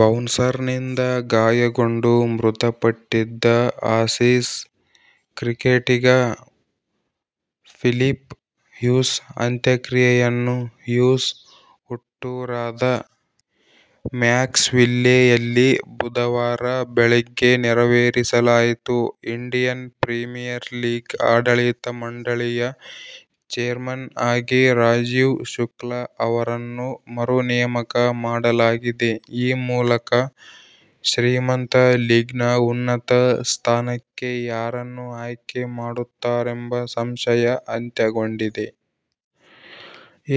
ಬೌನ್ಸರ್ನಿಂದ ಗಾಯಗೊಂಡು ಮೃತಪಟ್ಟಿದ್ದ ಆಸೀಸ್ ಕ್ರಿಕೆಟಿಗ ಫಿಲಿಪ್ ಹ್ಯೂಸ್ ಅಂತ್ಯಕ್ರಿಯೆಯನ್ನು ಹ್ಯೂಸ್ ಹುಟ್ಟೂರಾದ ಮ್ಯಾಕ್ಸ್ವಿಲ್ಲೆಯಲ್ಲಿ ಬುಧವಾರ ಬೆಳಿಗ್ಗೆ ನೆರವೇರಿಸಲಾಯಿತು. ಇಂಡಿಯನ್ ಪ್ರೀಮಿಯರ್ ಲೀಗ್ ಆಡಳಿತ ಮಂಡಳಿಯ ಚೇರ್ಮನ್ ಆಗಿ ರಾಜೀವ್ ಶುಕ್ಲ ಅವರನ್ನು ಮರು ನೇಮಕ ಮಾಡಲಾಗಿದೆ. ಈ ಮೂಲಕ ಶ್ರೀಮಂತ ಲೀಗ್ನ ಉನ್ನತ ಸ್ಥಾನಕ್ಕೆ ಯಾರನ್ನು ಆಯ್ಕೆ ಮಾಡುತ್ತಾರೆಂಬ ಸಂಶಯ ಅಂತ್ಯಗೊಂಡಿದೆ.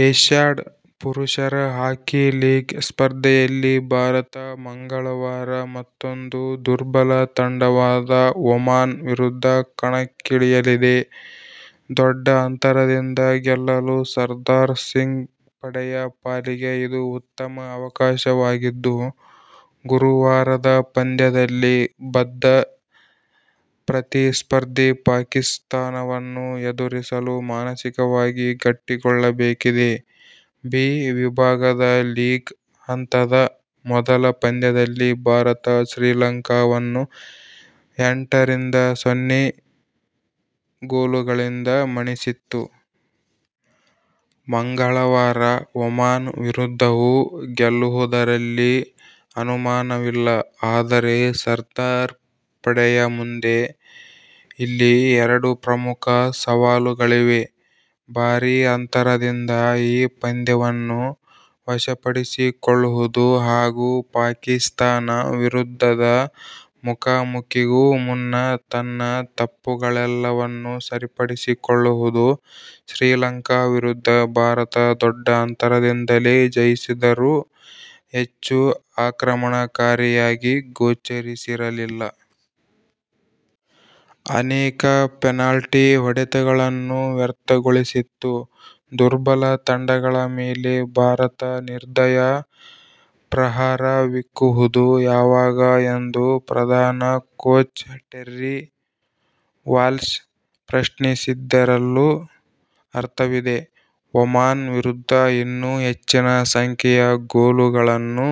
ಏಶ್ಯಾಡ್ ಪುರುಷರ ಹಾಕಿ ಲೀಗ್ ಸ್ಪರ್ಧೆಯಲ್ಲಿ ಭಾರತ ಮಂಗಳವಾರ ಮತ್ತೊಂದು ದುರ್ಬಲ ತಂಡವಾದ ಒಮಾನ್ ವಿರುದ್ಧ ಕಣಕ್ಕಿಳಿಯಲಿದೆ. ದೊಡ್ಡ ಅಂತರದಿಂದ ಗೆಲ್ಲಲು ಸರ್ದಾರ್ ಸಿಂಗ್ ಪಡೆಯ ಪಾಲಿಗೆ ಇದು ಉತ್ತಮ ಅವಕಾಶವಾಗಿದ್ದು, ಗುರುವಾರದ ಪಂದ್ಯದಲ್ಲಿ ಬದ್ಧ ಪ್ರತಿಸ್ಪರ್ಧಿ ಪಾಕಿಸ್ಥಾನವನ್ನು ಎದುರಿಸಲು ಮಾನಸಿಕವಾಗಿ ಗಟ್ಟಿಗೊಳ್ಳಬೇಕಿದೆ. ಬಿ ವಿಭಾಗದ ಲೀಗ್ ಹಂತದ ಮೊದಲ ಪಂದ್ಯದಲ್ಲಿ ಭಾರತ ಶ್ರೀಲಂಕಾವನ್ನು ಎಂಟರಿಂದ ಸೊನ್ನೆ ಗೋಲುಗಳಿಂದ ಮಣಿಸಿತ್ತು. ಮಂಗಳವಾರ ಒಮಾನ್ ವಿರುದ್ಧವೂ ಗೆಲ್ಲುವುದರಲ್ಲಿ ಅನುಮಾನವಿಲ್ಲ. ಆದರೆ ಸರ್ದಾರ್ ಪಡೆಯ ಮುಂದೆ ಇಲ್ಲಿ ಎರಡು ಪ್ರಮುಖ ಸವಾಲುಗಳಿವೆ. ಭಾರೀ ಅಂತರದಿಂದ ಈ ಪಂದ್ಯವನ್ನು ವಶಪಡಿಸಿಕೊಳ್ಳುವುದು ಹಾಗೂ ಪಾಕಿಸ್ಥಾನ ವಿರುದ್ಧದ ಮುಖಾಮುಖೀಗೂ ಮುನ್ನ ತನ್ನ ತಪ್ಪುಗಳೆಲ್ಲವನ್ನೂ ಸರಿಪಡಿಸಿಕೊಳ್ಳುವುದು. ಶ್ರೀಲಂಕಾ ವಿರುದ್ಧ ಭಾರತ ದೊಡ್ಡ ಅಂತರದಿಂದಲೇ ಜಯಿಸಿದರೂ ಹೆಚ್ಚು ಆಕ್ರಮಣಕಾರಿಯಾಗಿ ಗೋಚರಿಸಿರಲಿಲ್ಲ. ಅನೇಕ ಪೆನಾಲ್ಟಿ ಹೊಡೆತಗಳನ್ನು ವ್ಯರ್ಥಗೊಳಿಸಿತ್ತು. ದುರ್ಬಲ ತಂಡಗಳ ಮೇಲೆ ಭಾರತ ನಿರ್ದಯ ಪ್ರಹಾರವಿಕ್ಕುವುದು ಯಾವಾಗ ಎಂದು ಪ್ರಧಾನ ಕೋಚ್ ಟೆರ್ರಿ ವಾಲ್ಶ್ ಪ್ರಶ್ನಿಸಿದ್ದರಲ್ಲೂ ಅರ್ಥವಿದೆ. ಒಮಾನ್ ವಿರುದ್ಧ ಇನ್ನೂ ಹೆಚ್ಚಿನ ಸಂಖ್ಯೆಯ ಗೋಲುಗಳನ್ನು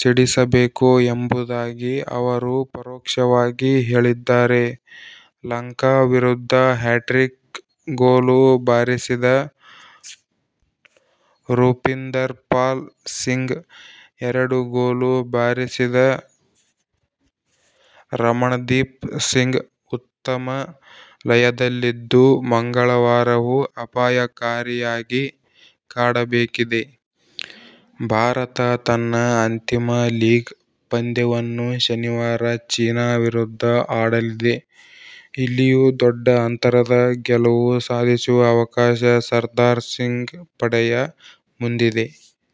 ಸಿಡಿಸಬೇಕು ಎಂಬುದಾಗಿ ಅವರು ಪರೋಕ್ಷವಾಗಿ ಹೇಳಿದ್ದಾರೆ. ಲಂಕಾ ವಿರುದ್ಧ ಹ್ಯಾಟ್ರಿಕ್ ಗೋಲು ಬಾರಿಸಿದ ರೂಪಿಂದರ್ಪಾಲ್ ಸಿಂಗ್, ಎರಡು ಗೋಲು ಬಾರಿಸಿದ ರಮಣ್ದೀಪ್ ಸಿಂಗ್ ಉತ್ತಮ ಲಯದಲ್ಲಿದ್ದು, ಮಂಗಳವಾರವೂ ಅಪಾಯಕಾರಿಯಾಗಿ ಕಾಡಬೇಕಿದೆ. ಭಾರತ ತನ್ನ ಅಂತಿಮ ಲೀಗ್ ಪಂದ್ಯವನ್ನು ಶನಿವಾರ ಚೀನಾ ವಿರುದ್ಧ ಆಡಲಿದೆ. ಇಲ್ಲಿಯೂ ದೊಡ್ಡ ಅಂತರದ ಗೆಲುವು ಸಾಧಿಸುವ ಅವಕಾಶ ಸರ್ದಾರ್ ಸಿಂಗ್ ಪಡೆಯ ಮುಂದಿದೆ.